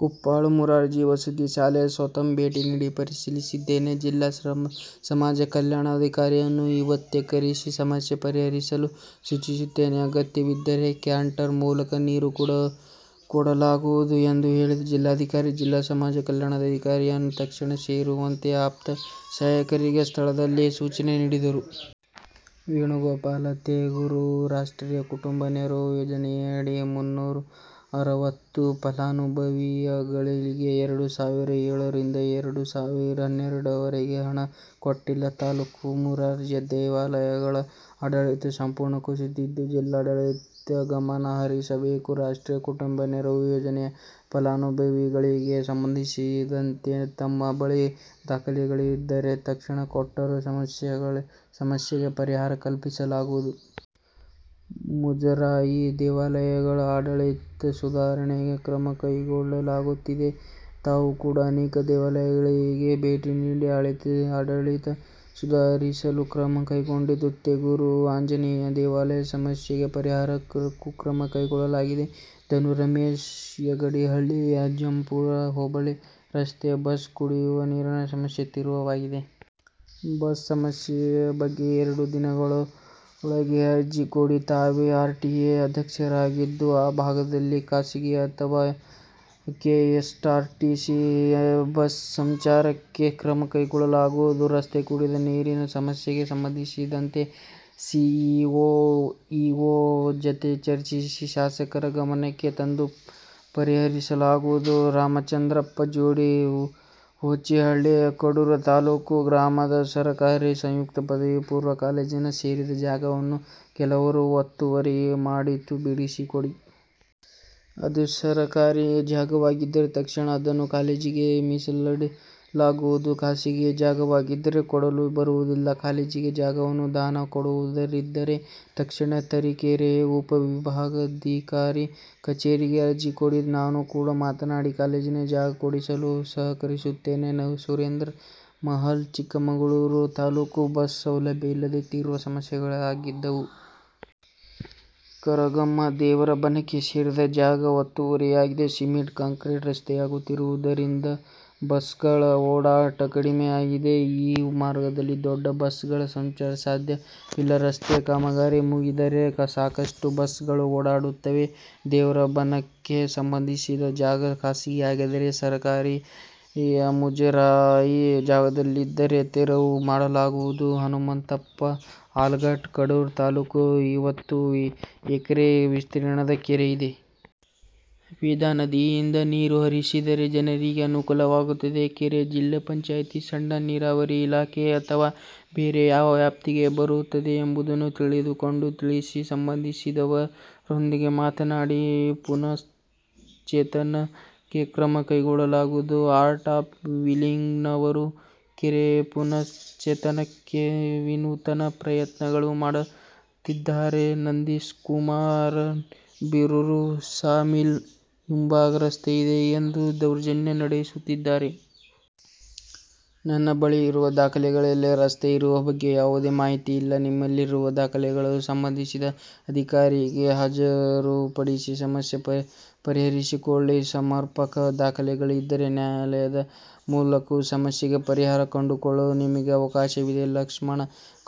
ಕುಪ್ಪಾಳು ಮೊರಾರ್ಜಿ ವಸತಿ ಶಾಲೆಗೆ ಸ್ವತಃ ಭೇಟಿ ನೀಡಿ ಪರಿಶೀಲಿಸಿದ್ದೇನೆ. ಜಿಲ್ಲಾ ಸಮಾಜ ಕಲ್ಯಾಣಾಧಿಕಾರಿಯನ್ನು ಇವತ್ತೇ ಕರೆಸಿ ಸಮಸ್ಯೆ ಪರಿಹರಿಸಲು ಸೂಚಿಸುತ್ತೇನೆ. ಅಗತ್ಯವಿದ್ದರೆ ಟ್ಯಾಂಕರ್ ಮೂಲಕ ನೀರು ಕೊಡಲಾಗುವುದು ಎಂದು ಹೇಳಿದ ಜಿಲ್ಲಾಧಿಕಾರಿ, ಜಿಲ್ಲಾ ಸಮಾಜ ಕಲ್ಯಾಣಾಧಿಕಾರಿಯನ್ನು ತಕ್ಷಣ ಕರೆಸುವಂತೆ ಆಪ್ತ ಸಹಾಯಕರಿಗೆ ಸ್ಥಳದಲ್ಲೇ ಸೂಚನೆ ನೀಡಿದರು. ವೇಣುಗೋಪಾಲ್, ತೇಗೂರು ರಾಷ್ಟ್ರೀಯ ಕುಟುಂಬ ನೆರವು ಯೋಜನೆಯಡಿ ಮುನ್ನೂರ ಅರವತ್ತು ಫಲಾನುಭವಿಗಳಿಗೆ ಎರಡು ಸಾವಿರದ ಏಳರಿಂದ ಎರಡು ಸಾವಿರದ ಹನ್ನೆರಡರವರೆಗೆ ಹಣ ಕೊಟ್ಟಿಲ್ಲ. ತಾಲೂಕು ಮುಜರಾಯಿ ದೇವಾಲಯಗಳ ಆಡಳಿತ ಸಂಪೂರ್ಣ ಕುಸಿದಿದ್ದು, ಜಿಲ್ಲಾಡಳಿತ ಗಮನಹರಿಸಬೇಕು. ರಾಷ್ಟ್ರೀಯ ಕುಟುಂಬ ನೆರವು ಯೋಜನೆ ಫಲಾನುಭವಿಗಳಿಗೆ ಸಂಬಂಧಿಸಿದಂತೆ ತಮ್ಮ ಬಳಿ ದಾಖಲೆಗಳಿದ್ದರೆ ತಕ್ಷಣ ಕೊಟ್ಟರೆ ಸಮಸ್ಯೆಗೆ ಪರಿಹಾರ ಕಲ್ಪಿಸಲಾಗುವುದು. ಮುಜರಾಯಿ ದೇವಾಲಯಗಳ ಆಡಳಿತ ಸುಧಾರಣೆಗೆ ಕ್ರಮ ಕೈಗೊಳ್ಳಲಾಗುತ್ತಿದೆ. ತಾವು ಕೂಡ ಅನೇಕ ದೇವಾಲಯಗಳಿಗೆ ಭೇಟಿ ನೀಡಿ ಆಡಳಿತ ಸುಧಾರಿಸಲು ಕ್ರಮ ಕೈಗೊಂಡಿದ್ದು, ತೇಗೂರು ಆಂಜನೇಯ ದೇವಾಲಯದ ಸಮಸ್ಯೆ ಪರಿಹಾರಕ್ಕೂ ಕ್ರಮ ಕೈಗೊಳ್ಳಲಾಗಿದೆ. ಧನು, ರಮೇಶ್, ಯಗಡಿಹಳ್ಳಿ, ಅಜ್ಜಂಪುರ ಹೋಬಳಿ ರಸ್ತೆ, ಬಸ್, ಕುಡಿವ ನೀರಿನ ಸಮಸ್ಯೆ ತೀವ್ರವಾಗಿದೆ. ಬಸ್ ಸಮಸ್ಯೆ ಬಗ್ಗೆ ಎರಡು ದಿನದೊಳಗೆ ಅರ್ಜಿ ಕೊಡಿ. ತಾವೇ ಆರ್ಟಿಎ ಅಧ್ಯಕ್ಷರಾಗಿದ್ದು, ಆ ಭಾಗದಲ್ಲಿ ಖಾಸಗಿ ಅಥವಾ ಕೆಎಸ್ಸಾರ್ಟಿಸಿ ಬಸ್ ಸಂಚಾರಕ್ಕೆ ಕ್ರಮ ಕೈಗೊಳ್ಳಲಾಗುವುದು. ರಸ್ತೆ, ಕುಡಿವ ನೀರಿನ ಸಮಸ್ಯೆಗೆ ಸಂಬಂಧಿಸಿದಂತೆ ಸಿಇಒ, ಇಒ ಜತೆ ಚರ್ಚಿಸಿ, ಶಾಸಕರ ಗಮನಕ್ಕೆ ತಂದು ಪರಿಹರಿಸಲಾಗುವುದು. ರಾಮಚಂದ್ರಪ್ಪ, ಜೋಡಿಹೋಚಿಹಳ್ಳಿ, ಕಡೂರು ತಾಲ್ಲೂಕು ಗ್ರಾಮದ ಸರಕಾರಿ ಸಂಯುಕ್ತ ಪದವಿಪೂರ್ವ ಕಾಲೇಜಿಗೆ ಸೇರಿದ ಜಾಗವನ್ನು ಕೆಲವರು ಒತ್ತುವರಿ ಮಾಡಿದ್ದು, ಬಿಡಿಸಿಕೊಡಿ. ಅದು ಸರಕಾರಿ ಜಾಗವಾಗಿದ್ದರೆ ತಕ್ಷಣ ಅದನ್ನು ಕಾಲೇಜಿಗೆ ಮೀಸಲಿಡಲಾಗುವುದು. ಖಾಸಗಿ ಜಾಗವಾಗಿದ್ದರೆ ಕೊಡಲು ಬರುವುದಿಲ್ಲ. ಕಾಲೇಜಿಗೆ ಜಾಗವನ್ನು ದಾನ ಕೊಡುವವರಿದ್ದರೆ ತಕ್ಷಣ ತರೀಕೆರೆ ಉಪ ವಿಭಾಗಾಧಿಕಾರಿ ಕಚೇರಿಗೆ ಅರ್ಜಿ ಕೊಡಿ. ನಾನು ಕೂಡ ಮಾತನಾಡಿ ಕಾಲೇಜಿಗೆ ಜಾಗ ಕೊಡಿಸಲು ಸಹಕರಿಸುತ್ತೇನೆ. ಸುರೇಂದ್ರ, ಮಹಲ್, ಚಿಕ್ಕಮಗಳೂರು ತಾಲ್ಲೂಕು ಬಸ್ ಸೌಲಭ್ಯ ಇಲ್ಲದೆ ತೀವ್ರ ಸಮಸ್ಯೆಯಾಗುತ್ತಿದೆ. ಕರಗಮ್ಮ ದೇವರಬನಕ್ಕೆ ಸೇರಿದ ಜಾಗ ಒತ್ತುವರಿಯಾಗಿದೆ. ಸಿಮೆಂಟ್ ಕಾಂಕ್ರಿಟ್ ರಸ್ತೆಯಾಗುತ್ತಿರುವುದರಿಂದ ಬಸ್ಗಳ ಓಡಾಟ ಕಡಿಮೆಯಾಗಿದೆ. ಈ ಮಾರ್ಗದಲ್ಲಿ ದೊಡ್ಡ ಬಸ್ಗಳ ಸಂಚಾರ ಸಾಧ್ಯವಿಲ್ಲ. ರಸ್ತೆ ಕಾಮಗಾರಿ ಮುಗಿದರೆ ಸಾಕಷ್ಟು ಬಸ್ಗಳು ಓಡಾಡುತ್ತವೆ. ದೇವರಬನಕ್ಕೆ ಸಂಬಂಧಿಸಿದ ಜಾಗ ಖಾಸಗಿಯಾಗದೆ ಸರಕಾರಿ, ಮುಜರಾಯಿ ಜಾಗದಲ್ಲಿದ್ದರೆ ತೆರವು ಮಾಡಲಾಗುವುದು. ಹನುಮಂತಪ್ಪ, ಆಲಗಟ್ಟ, ಕಡೂರು ತಾಲ್ಲೂಕು ಐವತ್ತು ಎಕರೆ ವಿಸ್ತೀರ್ಣದ ಕೆರೆ ಇದೆ. ವೇದಾನದಿಯಿಂದ ನೀರು ಹರಿಸಿದರೆ ಜನರಿಗೆ ಅನುಕೂಲವಾಗುತ್ತದೆ. ಕೆರೆ ಜಿಲ್ಲಾ ಪಂಚಾಯಿತಿ, ಸಣ್ಣ ನೀರಾವರಿ ಇಲಾಖೆ ಅಥವಾ ಬೇರೆ ಯಾವ ವ್ಯಾಪ್ತಿಗೆ ಬರುತ್ತದೆ ಎಂಬುದನ್ನು ತಿಳಿದುಕೊಂಡು ತಿಳಿಸಿ. ಸಂಬಂಧಿಸಿದವರೊಂದಿಗೆ ಮಾತನಾಡಿ ಪುನಶ್ಚೇತನಕ್ಕೆ ಕ್ರಮ ಕೈಗೊಳ್ಳಲಾಗುವುದು. ಆರ್ಟ್ ಆಫ್ ಲಿವಿಂಗ್ನವರು ಕೆರೆ ಪುನಶ್ಚೇತನಕ್ಕೆ ವಿನೂತನ ಪ್ರಯತ್ನಗಳನ್ನು ಮಾಡುತ್ತಿದ್ದಾರೆ. ನಂದೀಶ್ಕುಮಾರ್, ಬೀರೂರು ಸಾ ಮಿಲ್ ಹಿಂಭಾಗ ರಸ್ತೆ ಇದೆ ಎಂದು ದೌರ್ಜನ್ಯ ನಡೆಸುತ್ತಿದ್ದಾರೆ. ನನ್ನ ಬಳಿ ಇರುವ ದಾಖಲೆಗಳಲ್ಲಿ ರಸ್ತೆ ಇರುವ ಬಗ್ಗೆ ಯಾವುದೇ ಮಾಹಿತಿ ಇಲ್ಲ. ನಿಮ್ಮಲ್ಲಿರುವ ದಾಖಲೆಗಳನ್ನು ಸಂಬಂಧಿಸಿದ ಅಧಿಕಾರಿಗೆ ಹಾಜರು ಪಡಿಸಿ ಸಮಸ್ಯೆ ಪರಿಹರಿಸಿಕೊಳ್ಳಿ. ಸಮರ್ಪಕ ದಾಖಲೆಗಳಿದ್ದರೆ ನ್ಯಾಯಾಲಯದ ಮೂಲಕವೂ ಸಮಸ್ಯೆಗೆ ಪರಿಹಾರ ಕಂಡುಕೊಳ್ಳಲು ನಿಮಗೆ ಅವಕಾಶವಿದೆ. ಲಕ್ಷ್ಮಣ,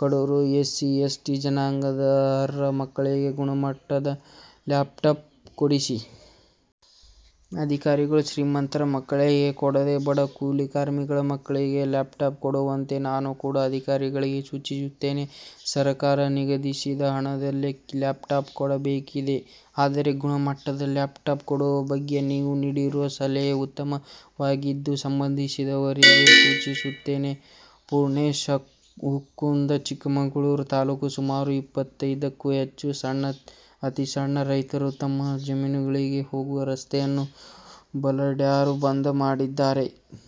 ಕಡೂರು ಎಸ್ಸಿ, ಎಸ್ಟಿ ಜನಾಂಗದ ಅರ್ಹ ಮಕ್ಕಳಿಗೆ ಗುಣಮಟ್ಟದ ಲ್ಯಾಪ್ಟಾಪ್ ಕೊಡಿ. ಅಧಿಕಾರಿಗಳು, ಶ್ರೀಮಂತರ ಮಕ್ಕಳಿಗೆ ಕೊಡದೆ ಬಡ, ಕೂಲಿ ಕಾರ್ಮಿಕರ ಮಕ್ಕಳಿಗೆ ಲ್ಯಾಪ್ಟಾಪ್ ಕೊಡುವಂತೆ ನಾನು ಕೂಡ ಅಧಿಕಾರಿಗಳಿಗೆ ಸೂಚಿಸುತ್ತೇನೆ. ಸರಕಾರ ನಿಗದಿಸಿದ ಹಣದಲ್ಲೇ ಲ್ಯಾಪ್ಟಾಪ್ ಕೊಡಬೇಕಿದೆ. ಆದರೆ, ಗುಣಮಟ್ಟದ ಲ್ಯಾಪ್ಟಾಪ್ ಕೊಡುವ ಬಗ್ಗೆ ನೀವು ನೀಡಿರುವ ಸಲಹೆ ಉತ್ತಮವಾಗಿದ್ದು, ಸಂಬಂಧಿಸಿದವರಿಗೆ ಸೂಚಿಸುತ್ತೇನೆ. ಪೂರ್ಣೇಶ್, ಹುಕ್ಕುಂದ, ಚಿಕ್ಕಮಗಳೂರು ತಾಲ್ಲೂಕು ಸುಮಾರು ಇಪ್ಪತ್ತೈದಕ್ಕೂ ಹೆಚ್ಚು ಸಣ್ಣ, ಅತಿಸಣ್ಣ ರೈತರು ತಮ್ಮ ಜಮೀನುಗಳಿಗೆ ಹೋಗುವ ರಸ್ತೆಯನ್ನು ಬಲಾಢ್ಯರು ಬಂದ್ ಮಾಡಿದ್ದಾರೆ.